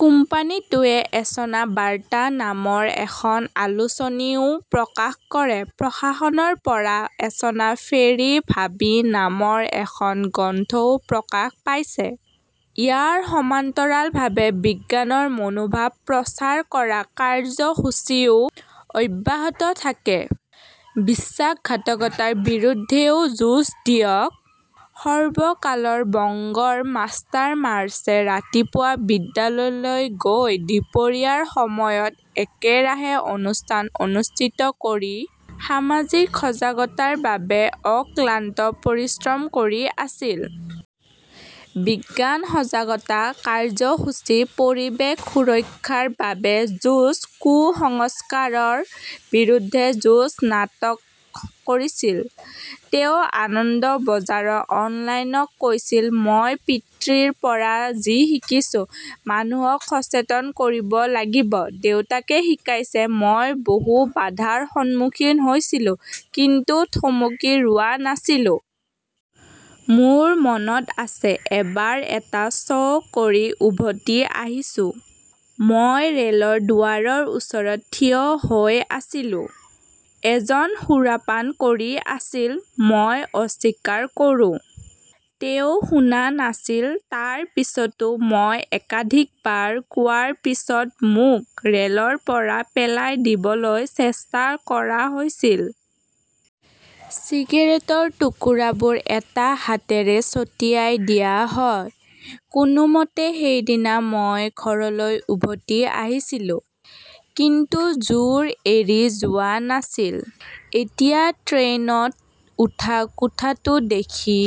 কোম্পানীটোৱে এচনা বাৰ্তা নামৰ এখন আলোচনীও প্ৰকাশ কৰে। প্ৰকাশনৰ পৰা এচনা ফেৰি ভাবী নামৰ এখন গ্ৰন্থও প্ৰকাশ পাইছে। ইয়াৰ সমান্তৰালভাৱে বিজ্ঞানৰ মনোভাৱ প্ৰচাৰ কৰা কাৰ্যসূচীও অব্যাহত থাকে। বিশ্বাসঘাতকতাৰ বিৰুদ্ধেও যুঁজ দিয়ক। সৰ্বকালৰ বংগৰ মাষ্টাৰমাছে ৰাতিপুৱা বিদ্যালয়লৈ গৈ, দুপৰীয়াৰ সময়ত একেৰাহে অনুষ্ঠান অনুষ্ঠিত কৰি, সামাজিক সজাগতাৰ বাবে অক্লান্ত পৰিশ্ৰম কৰি আছিল। বিজ্ঞান সজাগতা কাৰ্যসূচী, পৰিৱেশ সুৰক্ষাৰ বাবে যুঁজ, কুসংস্কাৰৰ বিৰুদ্ধে যুঁজ, নাটক‌ কৰিছিল। তেওঁ আনন্দবজাৰৰ অনলাইনক কৈছিল, মই পিতৃৰ পৰা যি শিকিছো, মানুহক সচেতন কৰিব লাগিব। দেউতাকে শিকাইছে। মই বহু বাধাৰ সন্মুখীন হৈছিলো, কিন্তু থমকি ৰোৱা নাছিলো। মোৰ মনত আছে, এবাৰ এটা শ্ব' কৰি উভতি আহিছোঁ। মই ৰেলৰ দুৱাৰৰ ওচৰত থিয় হৈ আছিলো। এজন সুৰাপান কৰি আছিল। মই অস্বীকাৰ কৰোঁ। তেওঁ শুনা নাছিল। তাৰ পিছতো মই একাধিকবাৰ কোৱাৰ পিছত মোক ৰেলৰ পৰা পেলাই দিবলৈ চেষ্টা কৰা হৈছিল। চিগেৰেটৰ টুকুৰাবোৰ এটা হাতেৰে ছটিয়াই দিয়া হয়। কোনোমতে সেইদিনা মই ঘৰলৈ উভতি আহিছিলো। কিন্তু জোৰ এৰি যোৱা নাছিল। এতিয়া ট্ৰেইনত উঠা কোঠাটো দেখি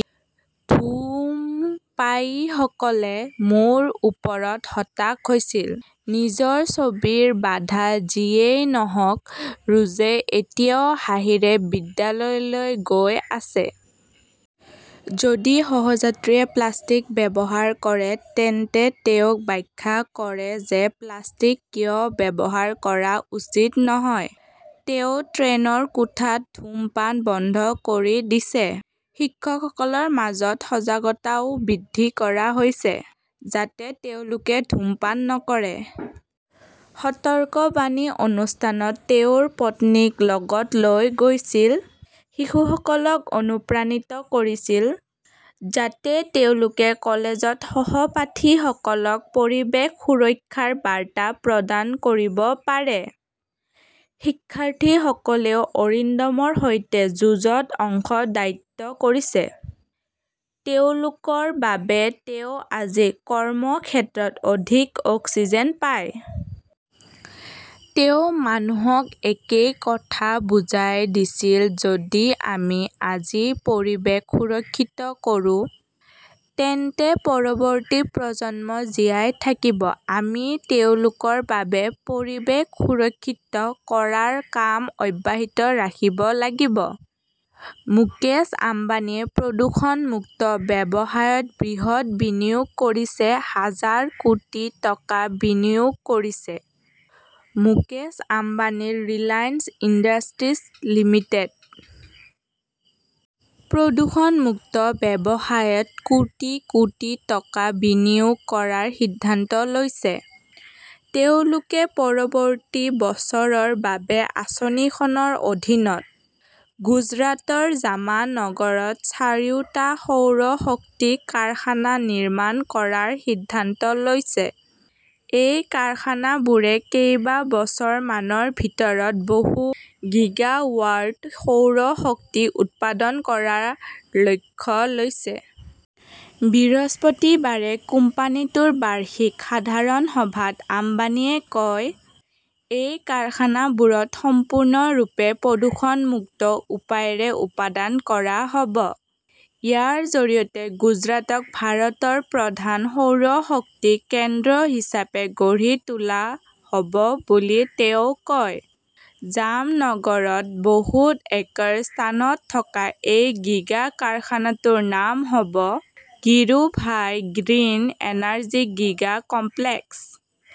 ধূমপায়ীসকলে মোৰ ওপৰত হতাশ হৈছিল। নিজৰ ছবিৰ বাধা যিয়েই নহওঁক, ৰোজে এতিয়াও হাঁহিৰে বিদ্যালয়লৈ গৈ আছে। যদি সহ-যাত্ৰীয়ে প্লাষ্টিক ব্যৱহাৰ কৰে তেন্তে তেওঁক ব্যাখ্যা কৰে যে প্লাষ্টিক কিয় ব্যৱহাৰ কৰা উচিত নহয়। তেওঁ ট্ৰেইনৰ কোঠাত ধূমপান বন্ধ কৰি দিছে। শিক্ষকসকলৰ মাজত সজাগতাও বৃদ্ধি কৰা হৈছে যাতে তেওঁলোকে ধূমপান নকৰে। সতৰ্কবাণী অনুষ্ঠানত তেওঁৰ পত্নীক লগত লৈ গৈছিল। শিশুসকলক অনুপ্ৰাণিত কৰিছিল, যাতে তেওঁলোকে কলেজত সহপাঠীসকলক পৰিৱেশ সুৰক্ষাৰ বাৰ্তা প্ৰদান কৰিব পাৰে। শিক্ষাৰ্থীসকলেও অৰিণ্ডমৰ সৈতে যুঁজত অংশদায়ত্ব কৰিছে। তেওঁলোকৰ বাবেই তেওঁ আজি কৰ্মক্ষেত্ৰত অধিক অক্সিজেন পায়। তেওঁ মানুহক একেই কথা বুজাই দিছিল, যদি আমি আজি পৰিৱেশ সুৰক্ষিত কৰোঁ, তেন্তে পৰৱৰ্তী প্ৰজন্ম জীয়াই থাকিব। আমি তেওঁলোকৰ বাবে পৰিৱেশ সুৰক্ষিত কৰাৰ কাম অব্যাহিত ৰাখিব লাগিব। মুকেশ আম্বানীয়ে প্ৰদূষণ-মুক্ত ব্যৱসায়ত বৃহৎ বিনিয়োগ কৰিছে, হাজাৰ কোটি টকা বিনিয়োগ কৰিছে মুকেশ আম্বানীৰ ৰিলায়েন্স ইণ্ডাষ্ট্ৰীজ লিমিটেডে। প্ৰদূষণ-মুক্ত ব্যৱসায়ত কোটি কোটি টকা বিনিয়োগ কৰাৰ সিদ্ধান্ত লৈছে। তেওঁলোকে পৰৱৰ্তী বছৰৰ বাবে আঁচনিখনৰ অধীনত গুজৰাটৰ জামানগৰত চাৰিটা সৌৰ শক্তি কাৰখানা নিৰ্মাণ কৰাৰ সিদ্ধান্ত লৈছে। এই কাৰখানাবোৰে কেইবছৰমানৰ ভিতৰত‌ বহু গিগাৱাট সৌৰ শক্তি উৎপাদন কৰাৰ লক্ষ্য লৈছে। বৃহস্পতিবাৰে কোম্পানীটোৰ বাৰ্ষিক সাধাৰণ সভাত আম্বানীয়ে কয়, এই কাৰখানাবোৰত সম্পূৰ্ণৰূপে প্ৰদূষণ-মুক্ত উপায়েৰে উৎপাদন কৰা হ'ব। ইয়াৰ জৰিয়তে গুজৰাটক ভাৰতৰ প্ৰধান সৌৰ শক্তি কেন্দ্ৰ হিচাপে গঢ়ি তোলা হ'ব বুলি তেওঁ কয়। জামনগৰত বহুত একৰ স্থানত থকা এই গিগা কাৰখানাটোৰ নাম হ'ব Dhirubhai green energy giga complex.